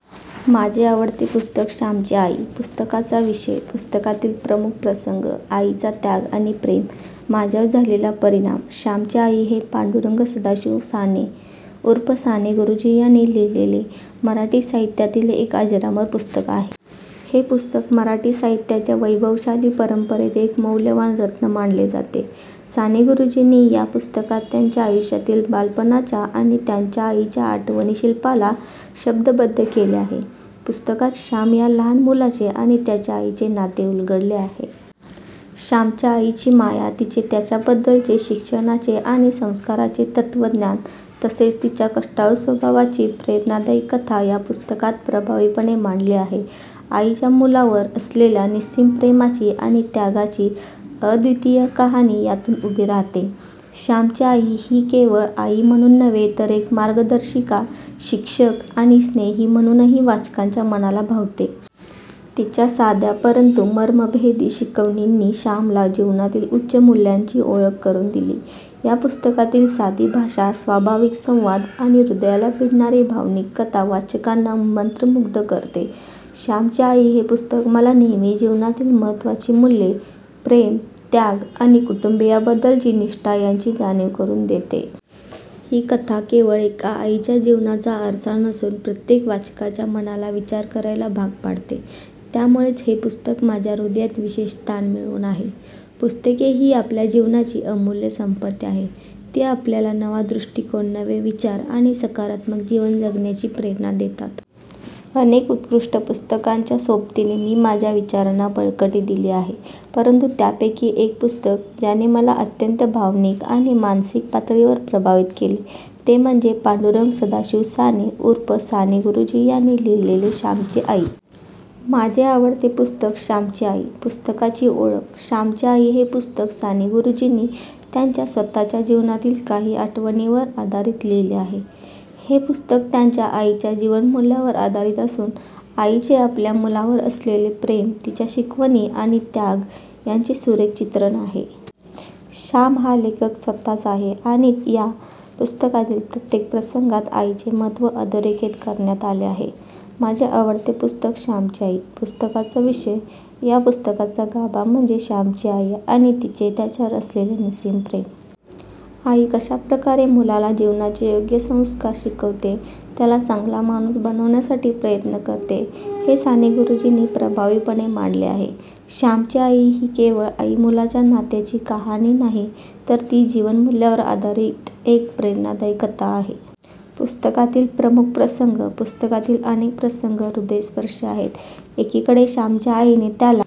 माझे आवडते पुस्तक श्यामची आई, पुस्तकाचा विषय, पुस्तकातील प्रमुख प्रसंग, आईचा त्याग आणि प्रेम, माझ्यावर झालेला परिणाम. श्यामची आई हे पांडुरंग सदाशिव साने, उर्फ साने गुरुजी यांनी लिहिलेले मराठी साहित्यातील एक अजरामर पुस्तक आहे. हे पुस्तक मराठी साहित्याच्या वैभवशाली परंपरेत एक मौल्यवान रत्न मानले जाते. साने गुरुजींनी या पुस्तकात त्यांच्या आयुष्यातील बालपणाच्या आणि त्यांच्या आईच्या आठवणीशिल्पाला शब्दबद्ध केले आहे. पुस्तकात श्याम या लहान मुलाचे आणि त्याच्या आईचे नाते उलगडले आहे. श्यामच्या आईची माया, तिचे त्याच्याबद्दलचे शिक्षणाचे आणि संस्कारांचे तत्त्वज्ञान, तसेच तिच्या कष्टाळू स्वभावाची प्रेरणादायी कथा या पुस्तकात प्रभावीपणे मांडली आहे. आईच्या मुलांवर असलेल्या निस्सीम प्रेमाची आणि त्यागाची अद्वितीय कहाणी यातून उभी राहते. श्यामची आई ही केवळ आई म्हणून नव्हे, तर एक मार्गदर्शिका, शिक्षक आणि स्नेही म्हणूनही वाचकांच्या मनाला भावते. तिच्या साध्या परंतु मर्मभेदी शिकवणींनी श्यामला जीवनातील उच्च मूल्यांची ओळख करून दिली. या पुस्तकातील साधी भाषा, स्वाभाविक संवाद आणि हृदयाला भिडणारी भावनिक कथा वाचकांना मंत्रमुग्ध करते. श्यामची आई हे पुस्तक मला नेहमी जीवनातील महत्त्वाची मूल्ये, प्रेम, त्याग आणि कुटुंबीयांबद्दलची निष्ठा यांची जाणीव करून देते. ही कथा केवळ एका आईच्या जीवनाचा आरसा नसून प्रत्येक वाचकाच्या मनाला विचार करायला भाग पाडते. त्यामुळेच हे पुस्तक माझ्या हृदयात विशेष स्थान मिळवून आहे. पुस्तके ही आपल्या जीवनाची अमूल्य संपत्ती आहेत. ती आपल्याला नवा दृष्टिकोन, नवे विचार आणि सकारात्मक जीवन जगण्याची प्रेरणा देतात. अनेक उत्कृष्ट पुस्तकांच्या सोबतीने मी माझ्या विचारांना बळकटी दिली आहे. परंतु त्यापैकी एक पुस्तक, ज्याने मला अत्यंत भावनिक आणि मानसिक पातळीवर प्रभावित केले, ते म्हणजे पांडुरंग सदाशिव साने ऊर्फ साने गुरुजी यांनी लिहिलेले श्यामची आई. माझे आवडते पुस्तक श्यामची आई, पुस्तकाची ओळख, श्यामची आई हे पुस्तक साने गुरुजींनी त्यांच्या स्वतःच्या जीवनातील काही आठवणींवर आधारित लिहिले आहे. हे पुस्तक त्यांच्या आईच्या जीवनमूल्यांवर आधारित असून, आईचे आपल्या मुलावर असलेले प्रेम, तिच्या शिकवणी आणि त्याग यांचे सुरेख चित्रण आहे. श्याम हा लेखक स्वतःच आहे आणि या पुस्तकातील प्रत्येक प्रसंगात आईचे महत्त्व अधोरेखित करण्यात आले आहे. माझे आवडते पुस्तक श्यामची आई, पुस्तकाचा विषय, या पुस्तकाचा गाभा म्हणजे श्यामची आई आणि तिचे त्याच्यावर असलेले निस्सीम प्रेम. आई कशा प्रकारे मुलाला जीवनाचे योग्य संस्कार शिकवते, त्याला चांगला माणूस बनवण्यासाठी प्रयत्न करते, हे साने गुरुजींनी प्रभावीपणे मांडले आहे. श्यामची आई ही केवळ आई-मुलाच्या नात्याची कहाणी नाही, तर ती जीवनमूल्यांवर आधारित एक प्रेरणादायी कथा आहे. पुस्तकातील प्रमुख प्रसंग, पुस्तकातील अनेक प्रसंग हृदयस्पर्शी आहेत. एकीकडे श्यामच्या आईने त्याला